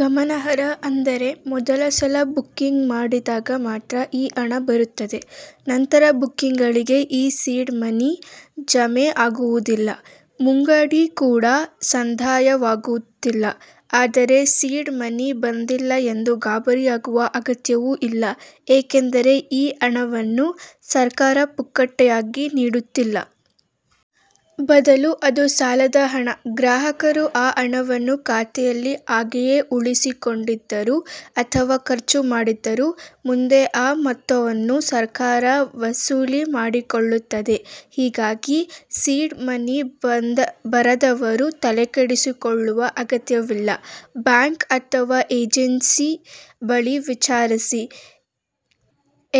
ಗಮನಾರ್ಹ ಅಂದರೆ, ಮೊದಲ ಸಲ ಬುಕ್ಕಿಂಗ್ ಮಾಡಿದಾಗ ಮಾತ್ರ ಈ ಹಣ ಬರುತ್ತದೆ. ನಂತರ ಬುಕ್ಕಿಂಗ್ಗಳಿಗೆ ಈ ಸೀಡ್ ಮನಿ ಜಮೆ ಆಗುವುದಿಲ್ಲ. ಮುಂಗಡ ಕೂಡ ಸಂದಾಯವಾಗುತ್ತಿಲ್ಲ. ಆದರೆ, ಸೀಡ್ ಮನಿ ಬಂದಿಲ್ಲ ಎಂದು ಗಾಬರಿಯಾಗುವ ಅಗತ್ಯವೂ ಇಲ್ಲ. ಏಕೆಂದರೆ, ಈ ಹಣವನ್ನು ಸರ್ಕಾರ ಪುಕ್ಕಟೆಯಾಗಿ ನೀಡುತ್ತಿಲ್ಲ. ಬದಲು ಅದು ಸಾಲದ ಹಣ. ಗ್ರಾಹಕರು ಆ ಹಣವನ್ನು ಖಾತೆಯಲ್ಲಿ ಹಾಗೆಯೇ ಉಳಿಸಿಕೊಂಡಿದ್ದರೂ ಅಥವಾ ಖರ್ಚು ಮಾಡಿದ್ದರೂ ಮುಂದೆ ಆ ಮೊತ್ತವನ್ನು ಸರ್ಕಾರ ವಸೂಲಿ ಮಾಡಿಕೊಳ್ಳುತ್ತದೆ. ಹೀಗಾಗಿ, ಸೀಡ್ ಮನಿ ಬರದವರೂ ತಲೆಕೆಡಿಸಿಕೊಳ್ಳುವ ಅಗತ್ಯವಿಲ್ಲ. ಬ್ಯಾಂಕ್ ಅಥವಾ ಏಜೆನ್ಸಿ ಬಳಿ ವಿಚಾರಿಸಿ'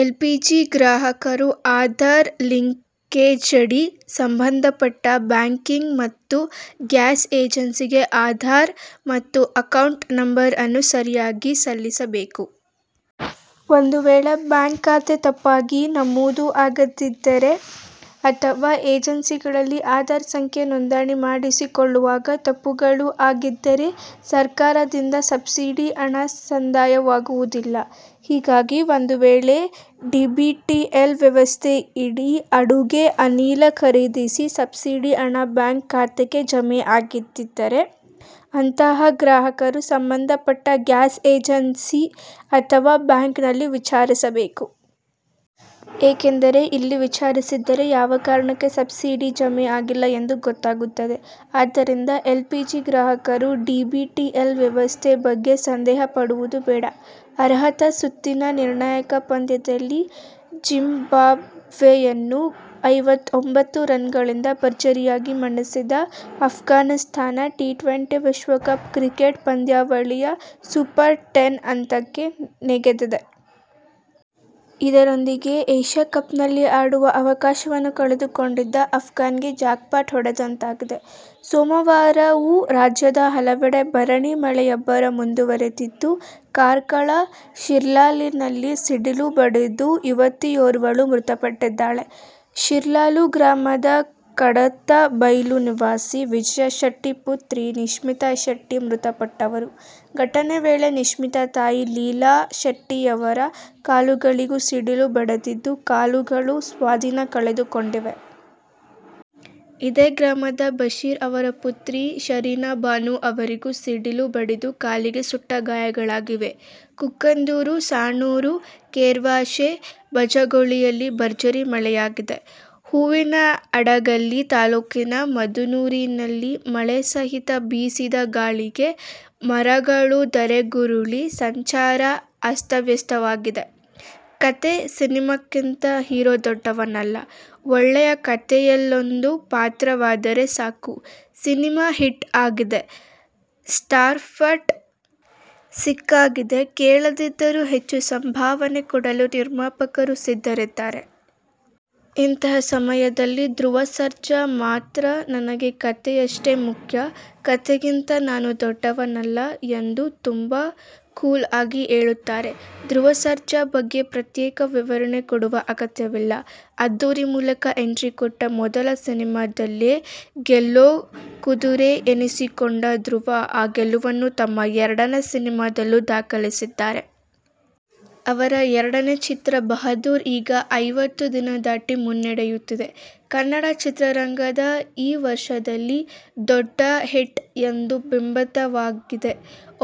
ಎಲ್ಪಿಜಿ ಗ್ರಾಹಕರು ಆಧಾರ್ ಲಿಂಕೇಜ್ನಡಿ ಸಂಬಂಧಪಟ್ಟ ಬ್ಯಾಂಕ್ಗೆ ಮತ್ತು ಗ್ಯಾಸ್ ಏಜೆನ್ಸಿಗೆ ಆಧಾರ್ ಮತ್ತು ಅಕೌಂಟ್ ನಂಬರ್ ಅನ್ನು ಸರಿಯಾಗಿ ಸಲ್ಲಿಸಬೇಕು. ಒಂದುವೇಳೆ, ಬ್ಯಾಂಕ್ ಖಾತೆ ತಪ್ಪಾಗಿ ನಮೂದು ಆಗಿದ್ದರೆ, ಅಥವಾ ಏಜೆನ್ಸಿಗಳಲ್ಲಿ ಆಧಾರ್ ಸಂಖ್ಯೆ ನೋಂದಣಿ ಮಾಡಿಸಿಕೊಳ್ಳುವಾಗ ತಪ್ಪುಗಳು ಆಗಿದ್ದರೆ, ಸರ್ಕಾರದಿಂದ ಸಬ್ಸಿಡಿ ಹಣ ಸಂದಾಯವಾಗುವುದಿಲ್ಲ. ಹೀಗಾಗಿ, ಒಂದುವೇಳೆ ಡಿಬಿಟಿಎಲ್ ವ್ಯವಸ್ಥೆಯಡಿ ಅಡುಗೆ ಅನಿಲ ಖರೀದಿಸಿ ಸಬ್ಸಿಡಿ ಹಣ ಬ್ಯಾಂಕ್ ಖಾತೆಗೆ ಜಮೆ ಆಗದಿದ್ದರೆ, ಅಂಥಹ ಗ್ರಾಹಕರು ಸಂಬಂಧಪಟ್ಟ ಗ್ಯಾಸ್ ಏಜೆನ್ಸಿ ಅಥವಾ ಬ್ಯಾಂಕ್ನಲ್ಲಿ ವಿಚಾರಿಸಬೇಕು. ಏಕೆಂದರೆ, ಇಲ್ಲಿ ವಿಚಾರಿಸಿದರೆ ಯಾವ ಕಾರಣಕ್ಕೆ ಸಬ್ಸಿಡಿ ಜಮೆ ಆಗಿಲ್ಲ ಎಂದು ಗೊತ್ತಾಗುತ್ತದೆ. ಆದ್ದರಿಂದ ಎಲ್ಪಿಜಿ ಗ್ರಾಹಕರು ಡಿಬಿಟಿಎಲ್ ವ್ಯವಸ್ಥೆ ಬಗ್ಗೆ ಸಂದೇಹಪಡುವುದು ಬೇಡ'. ಅರ್ಹತಾ ಸುತ್ತಿನ ನಿರ್ಣಾಯಕ ಪಂದ್ಯದಲ್ಲಿ ಜಿಂಬಾಬ್ವೆಯನ್ನು ಐವತ್ತೊಂಬತ್ತು ರನ್ನುಗಳಿಂದ ಭರ್ಜರಿಯಾಗಿ ಮಣಿಸಿದ ಅಫ್ಘಾನಿಸ್ಥಾನ ಟಿ-ಟ್ವೆಂಟಿ ವಿಶ್ವಕಪ್ ಕ್ರಿಕೆಟ್ ಪಂದ್ಯಾವಳಿಯ ಸೂಪರ್-ಟೆನ್ ಹಂತಕ್ಕೆ ನೆಗೆದಿದೆ. ಇದರೊಂದಿಗೆ "ಏಶ್ಯ ಕಪ್'ನಲ್ಲಿ ಆಡುವ ಅವಕಾಶವನ್ನು ಕಳೆದುಕೊಂಡಿದ್ದ ಅಫ್ಘಾನ್ಗೆ ಜಾಕ್ಪಾಟ್ ಹೊಡೆದಂತಾಗಿದೆ. ಸೋಮವಾರವೂ ರಾಜ್ಯದ ಹಲವೆಡೆ ಭರಣಿ ಮಳೆಯಬ್ಬರ ಮುಂದುವರೆದಿದ್ದು ಕಾರ್ಕಳ ಶಿರ್ಲಾಲಿನಲ್ಲಿ ಸಿಡಿಲು ಬಡಿದು ಯುವತಿಯೋರ್ವಳು ಮೃತಪಟ್ಟಿದ್ದಾಳೆ. ಶಿರ್ಲಾಲು ಗ್ರಾಮದ ಕಡತ್ತ ಬೈಲು ನಿವಾಸಿ ವಿಜಯ ಶೆಟ್ಟಿ ಪುತ್ರಿ ನಿಶ್ಮಿತಾ ಶೆಟ್ಟಿ ಮೃತಪಟ್ಟವರು. ಘಟನೆ ವೇಳೆ ನಿಶ್ಮಿತಾ ತಾಯಿ ಲೀಲಾ ಶೆಟ್ಟಿ ಯವರ ಕಾಲುಗಳಿಗೂ ಸಿಡಿಲು ಬಡಿದಿದ್ದು, ಕಾಲುಗಳು ಸ್ವಾಧೀನ ಕಳೆದುಕೊಂಡಿವೆ. ಇದೇ ಗ್ರಾಮದ ಬಶೀರ್ ಅವರ ಪುತ್ರಿ ಶಂರೀನ್ ಭಾನು ಅವರಿಗೂ ಸಿಡಿಲು ಬಡಿದು ಕಾಲಿಗೆ ಸುಟ್ಟ ಗಾಯಗಳಾಗಿವೆ. ಕುಕ್ಕುಂದೂರು, ಸಾಣೂರು, ಕೆರ್ವಾಶೆ, ಬಜಗೋಳಿಯಲ್ಲಿ ಭರ್ಜರಿ ಮಳೆಯಾಗಿದೆ. ಹೂವಿನಹಡಗಲಿ ತಾಲೂಕಿನ ಮುದೇನೂರಿನಲ್ಲಿ ಮಳೆ ಸಹಿತ ಬೀಸಿದ ಗಾಳಿಗೆ ಮರಗಳು ಧರೆಗುರುಳಿ ಸಂಚಾರ ಅಸ್ತವ್ಯಸ್ತವಾಗಿದೆ. "ಕಥೆ, ಸಿನಿಮಾಕ್ಕಿಂತ ಹೀರೋ ದೊಡ್ಡವನಲ್ಲ, ಒಳ್ಳೆಯ ಕಥೆಯಲ್ಲೊಂದು ಪಾತ್ರವಾದರೆ ಸಾಕು ' ಸಿನಿಮಾ ಹಿಟ್ ಆಗಿದೆ, ಸ್ಟಾರ್ಪಟ್ಟ ಸಿಕ್ಕಾಗಿದೆ, ಕೇಳದಿದ್ದರೂ ಹೆಚ್ಚು ಸಂಭಾವನೆ ಕೊಡಲು ನಿರ್ಮಾಪಕರು ಸಿದ್ಧರಿದ್ದಾರೆ. ಇಂತಹ ಸಮಯದಲ್ಲಿ ಧ್ರುವ ಸರ್ಜಾ ಮಾತ್ರ ನನಗೆ ಕಥೆಯಷ್ಟೇ ಮುಖ್ಯ, ಕಥೆಗಿಂತ ನಾನು ದೊಡ್ಡವನಲ್ಲ ಎಂದು ತುಂಬಾ ಕೂಲ್ ಆಗಿ ಹೇಳುತ್ತಾರೆ. ಧ್ರುವ ಸರ್ಜಾ ಬಗ್ಗೆ ಪ್ರತ್ಯೇಕ ವಿವರಣೆ ಕೊಡುವ ಅಗತ್ಯವಿಲ್ಲ. "ಅದ್ಧೂರಿ' ಮೂಲಕ ಎಂಟ್ರಿ ಕೊಟ್ಟು ಮೊದಲ ಸಿನಿಮಾದಲ್ಲೇ ಗೆಲ್ಲೋ ಕುದುರೆ ಎನಿಸಿಕೊಂಡ ಧ್ರುವ, ಆ ಗೆಲುವನ್ನು ತಮ್ಮ ಎರಡನೇ ಸಿನಿಮಾದಲ್ಲೂ ದಾಖಲಿಸಿದ್ದಾರೆ. ಅವರ ಎರಡನೇ ಚಿತ್ರ "ಬಹದ್ದೂರ್' ಈಗ ಐವತ್ತು ದಿನ ದಾಟಿ ಮುನ್ನಡೆಯುತ್ತಿದೆ. ಕನ್ನಡ ಚಿತ್ರರಂಗದ ಈ ವರ್ಷದಲ್ಲಿ ದೊಡ್ಡ ಹಿಟ್ ಎಂದು ಬಿಂಬಿತವಾಗಿದೆ.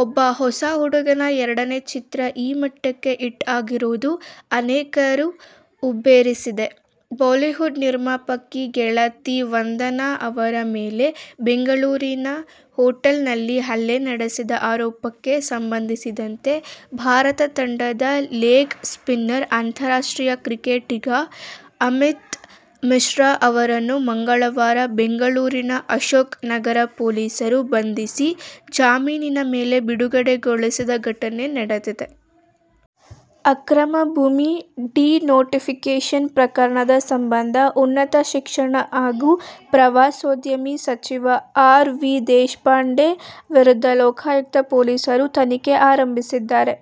ಒಬ್ಬ ಹೊಸ ಹುಡುಗನ ಎರಡನೇ ಚಿತ್ರ ಈ ಮಟ್ಟಕ್ಕೆ ಹಿಟ್ ಆಗಿರೋದು ಅನೇಕರ ಹುಬ್ಬೇರಿಸಿದೆ. ಬಾಲಿವುಡ್ ನಿರ್ಮಾಪಕಿ, ಗೆಳತಿ ವಂದನಾ ಅವರ ಮೇಲೆ ಬೆಂಗಳೂರಿನ ಹೋಟೆಲ್ ನಲ್ಲಿ ಹಲ್ಲೆ ನಡೆಸಿದ ಆರೋಪಕ್ಕೆ ಸಂಬಂಧಿಸಿದಂತೆ ಭಾರತ ತಂಡದ ಲೆಗ್ ಸ್ಪಿನ್ನರ್, ಅಂತಾರಾಷ್ಟ್ರೀಯ ಕ್ರಿಕೆಟಿಗ ಅಮಿತ್ ಮಿಶ್ರಾ ಅವರನ್ನು ಮಂಗಳವಾರ ಬೆಂಗಳೂರಿನ ಅಶೋಕ್ ನಗರ ಪೊಲೀಸರು ಬಂಧಿಸಿ, ಜಾಮೀನಿನ ಮೇಲೆ ಬಿಡುಗಡೆಗೊಳಿಸಿದ ಘಟನೆ ನಡೆದಿದೆ. ಅಕ್ರಮ ಭೂಮಿ ಡಿ-ನೋಟಿಫಿಕೇಶನ್ ಪ್ರಕರಣದ ಸಂಬಂಧ ಉನ್ನತ ಶಿಕ್ಷಣ ಹಾಗೂ ಪ್ರವಾಸೋದ್ಯಮ ಸಚಿವ ಆರ್. ವಿ. ದೇಶಪಾಂಡೆ ವಿರುದ್ಧ ಲೋಕಾಯುಕ್ತ ಪೊಲೀಸರು ತನಿಖೆ ಆರಂಭಿಸಿದ್ದಾರೆ.